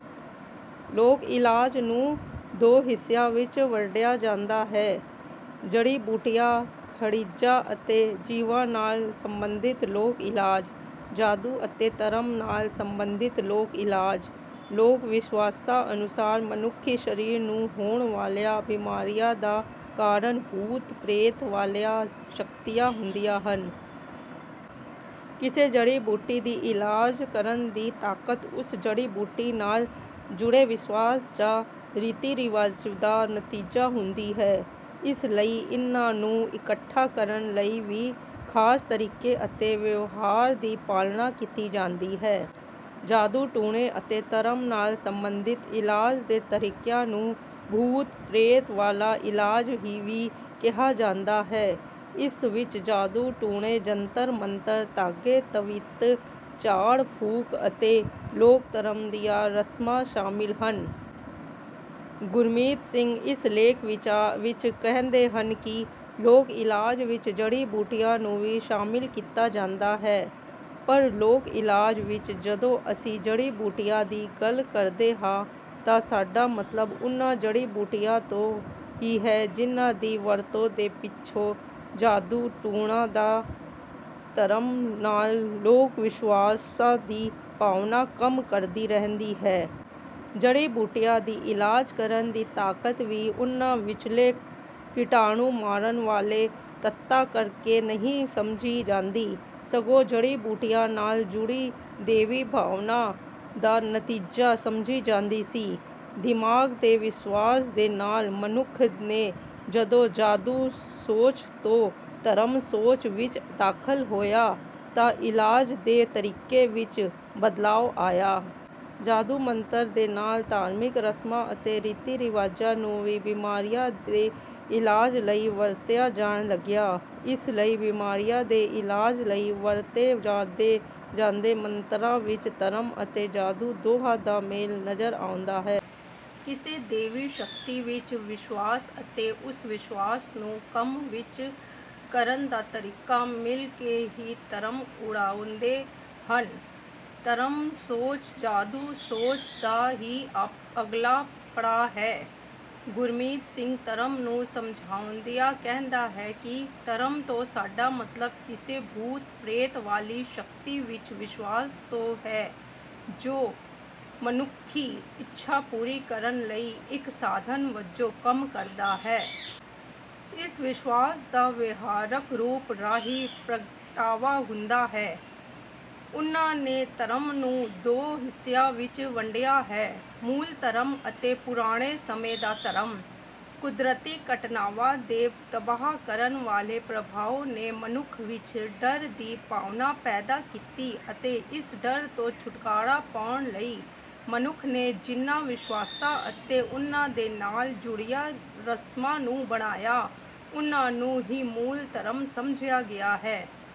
ਲੋਕ ਇਲਾਜ ਨੂੰ ਦੋ ਹਿੱਸਿਆਂ ਵਿੱਚ ਵੰਡਿਆ ਜਾਂਦਾ ਹੈ। ਜੜੀ ਬੂਟੀਆਂ ਖਣਿਜਾਂ ਅਤੇ ਜੀਵਾਂ ਨਾਲ ਸਬੰਧਿਤ ਲੋਕ ਇਲਾਜ। ਜਾਦੂ ਅਤੇ ਧਰਮ ਨਾਲ ਸਬੰਧਿਤ ਲੋਕ ਇਲਾਜ। ਲੋਕ ਵਿਸ਼ਵਾਸਾਂ ਅਨੁਸਾਰ ਮਨੁੱਖੀ ਸਰੀਰ ਨੂੰ ਹੋਣ ਵਾਲੀਆਂ ਬਿਮਾਰੀਆਂ ਦਾ ਕਾਰਨ ਭੂਤ ਪ੍ਰੇਤ ਵਾਲੀਆਂ ਸ਼ਕਤੀਆਂ ਹੁੰਦੀਆਂ ਹਨ। ਕਿਸੇ ਜੜੀ ਬੂਟੀ ਦੀ ਇਲਾਜ ਕਰਨ ਦੀ ਤਾਕਤ ਉਸ ਜੜੀ ਬੂਟੀ ਨਾਲ ਜੁੜੇ ਵਿਸ਼ਵਾਸ ਜਾਂ ਰੀਤੀ ਰਿਵਾਜ ਦਾ ਨਤੀਜਾ ਹੁੰਦੀ ਹੈ। ਇਸ ਲਈ ਇਨ੍ਹਾਂ ਨੂੰ ਇਕੱਠਾ ਕਰਨ ਲਈ ਵੀ ਖਾਸ ਤਰੀਕੇ ਅਤੇ ਵਿਵਹਾਰ ਦੀ ਪਾਲਣਾ ਕੀਤੀ ਜਾਂਦੀ ਹੈ। ਜਾਦੂ ਟੂਣੇ ਅਤੇ ਧਰਮ ਨਾਲ ਸਬੰਧਿਤ ਇਲਾਜ ਦੇ ਤਰੀਕਿਆਂ ਨੂੰ ਭੂਤ ਪ੍ਰੇਤ ਵਾਲਾ ਇਲਾਜ ਵੀ ਕਿਹਾ ਜਾਂਦਾ ਹੈ। ਇਸ ਵਿੱਚ ਜਾਦੂ ਟੂਣੇ ਜੰਤਰ ਮੰਤਰ ਧਾਗੇ ਤਵੀਤ ਝਾੜ ਫੂਕ ਅਤੇ ਲੋਕ ਧਰਮ ਦੀਆਂ ਰਸਮਾਂ ਸ਼ਾਮਿਲ ਹਨ। ਗੁਰਮੀਤ ਸਿੰਘ ਇਸ ਲੇਖ ਵਿੱਚ ਕਹਿੰਦੇ ਹਨ ਕਿ ਲੋਕ ਇਲਾਜ ਵਿੱਚ ਜੜੀ ਬੂਟੀਆਂ ਨੂੰ ਵੀ ਸ਼ਾਮਿਲ ਕੀਤਾ ਜਾਂਦਾ ਹੈ। ਪਰ ਲੋਕ ਇਲਾਜ ਵਿੱਚ ਜਦੋਂ ਅਸੀਂ ਜੜੀ ਬੂਟੀਆਂ ਦੀ ਗੱਲ ਕਰਦੇ ਹਾਂ ਤਾਂ ਸਾਡਾ ਮਤਲਬ ਉਨ੍ਹਾਂ ਜੜੀ ਬੂਟੀਆਂ ਤੋਂ ਹੀ ਹੈ ਜਿਨ੍ਹਾਂ ਦੀ ਵਰਤੋਂ ਦੇ ਪਿੱਛੇ ਜਾਦੂ ਟੂਣਾ ਜਾਂ ਧਰਮ ਨਾਲ ਲੋਕ ਵਿਸ਼ਵਾਸਾਂ ਦੀ ਭਾਵਨਾ ਕੰਮ ਕਰਦੀ ਰਹਿੰਦੀ ਹੈ। ਜੜੀ ਬੂਟੀਆਂ ਦੀ ਇਲਾਜ ਕਰਨ ਦੀ ਤਾਕਤ ਵੀ ਉਨ੍ਹਾਂ ਵਿੱਚਲੇ ਕੀਟਾਣੂ ਮਾਰਨ ਵਾਲੇ ਤੱਤਾਂ ਕਰਕੇ ਨਹੀਂ ਸਮਝੀ ਜਾਂਦੀ ਸਗੋਂ ਜੜੀ ਬੂਟੀਆਂ ਨਾਲ ਜੁੜੀ ਦੇਵੀ ਭਾਵਨਾ ਦਾ ਨਤੀਜਾ ਸਮਝੀ ਜਾਂਦੀ ਸੀ। ਦਿਮਾਗ ਦੇ ਵਿਕਾਸ ਦੇ ਨਾਲ ਮਨੁੱਖ ਨੇ ਜਦੋਂ ਜਾਦੂ ਸੋਚ ਤੋਂ ਧਰਮ ਸੋਚ ਵਿੱਚ ਦਾਖਲ ਹੋਇਆ ਤਾਂ ਇਲਾਜ ਦੇ ਤਰੀਕੇ ਵਿੱਚ ਵੀ ਬਦਲਾਅ ਆਇਆ। ਜਾਦੂ ਮੰਤਰਾਂ ਦੇ ਨਾਲ ਧਾਰਮਿਕ ਰਸਮਾਂ ਅਤੇ ਰੀਤੀ ਰਿਵਾਜਾਂ ਨੂੰ ਵੀ ਬਿਮਾਰੀਆਂ ਦੇ ਇਲਾਜ ਲਈ ਵਰਤਿਆ ਜਾਣ ਲੱਗਿਆ। ਇਸ ਲਈ ਬਿਮਾਰੀਆਂ ਦੇ ਇਲਾਜ ਲਈ ਵਰਤੇ ਜਾਂਦੇ ਮੰਤਰਾਂ ਵਿੱਚ ਧਰਮ ਅਤੇ ਜਾਦੂ ਦੋਹਾਂ ਦਾ ਮੇਲ ਨਜ਼ਰ ਆਉਂਦਾ ਹੈ। ਕਿਸੇ ਦੇਵੀ ਸ਼ਕਤੀ ਵਿੱਚ ਵਿਸ਼ਵਾਸ ਅਤੇ ਉਸ ਵਿਸ਼ਵਾਸ ਨੂੰ ਕੰਮ ਵਿੱਚ ਕਰਨ ਦਾ ਤਰੀਕਾ ਮਿਲਕੇ ਹੀ ਧਰਮ ਬਣਾਉਂਦੇ ਹਨ। ਧਰਮ ਸੋਚ ਜਾਦੂ ਸੋਚ ਦਾ ਹੀ ਅਗਲਾ ਪੜਾਅ ਹੈ। ਗੁਰਮੀਤ ਸਿੰਘ ਧਰਮ ਨੂੰ ਸਮਝਾਉਂਦਿਆਂ ਕਹਿੰਦਾ ਹੈ ਕਿ ਧਰਮ ਤੋਂ ਸਾਡਾ ਮਤਲਬ ਕਿਸੇ ਭੂਤ ਪ੍ਰੇਤ ਵਾਲੀ ਸ਼ਕਤੀ ਵਿੱਚ ਵਿਸ਼ਵਾਸ ਤੋਂ ਹੈ ਜੋ ਮਨੁੱਖੀ ਇੱਛਾ ਪੂਰੀ ਕਰਨ ਲਈ ਇੱਕ ਸਾਧਨ ਵਜੋਂ ਕੰਮ ਕਰਦਾ ਹੈ। ਇਸ ਵਿਸ਼ਵਾਸ ਦਾ ਵਿਹਾਰਕ ਰੂਪ ਰਾਹੀਂ ਪ੍ਰਗਟਾਵਾ ਹੁੰਦਾ ਹੈ। ਉਨ੍ਹਾਂ ਨੇ ਧਰਮ ਨੂੰ ਦੋ ਹਿੱਸਿਆਂ ਵਿੱਚ ਵੰਡਿਆ ਹੈ ਮੂਲ ਧਰਮ ਅਤੇ ਪੁਰਾਣੇ ਸਮੇਂ ਦਾ ਧਰਮ। ਕੁਦਰਤੀ ਘਟਨਾਵਾਂ ਦੇ ਤਬਾਹ ਕਰਨ ਵਾਲੇ ਪ੍ਰਭਾਵ ਨੇ ਮਨੁੱਖ ਵਿੱਚ ਡਰ ਦੀ ਭਾਵਨਾ ਪੈਦਾ ਕੀਤੀ ਅਤੇ ਇਸ ਡਰ ਤੋਂ ਛੁਟਕਾਰਾ ਪਾਉਣ ਲਈ ਮਨੁੱਖ ਨੇ ਜਿਨ੍ਹਾਂ ਵਿਸ਼ਵਾਸਾਂ ਅਤੇ ਉਨ੍ਹਾਂ ਦੇ ਨਾਲ ਜੁੜੀਆਂ ਰਸਮਾਂ ਨੂੰ ਬਣਾਇਆ ਉਨ੍ਹਾਂ ਨੂੰ ਹੀ ਮੂਲ ਧਰਮ ਸਮਝਿਆ ਗਿਆ ਹੈ।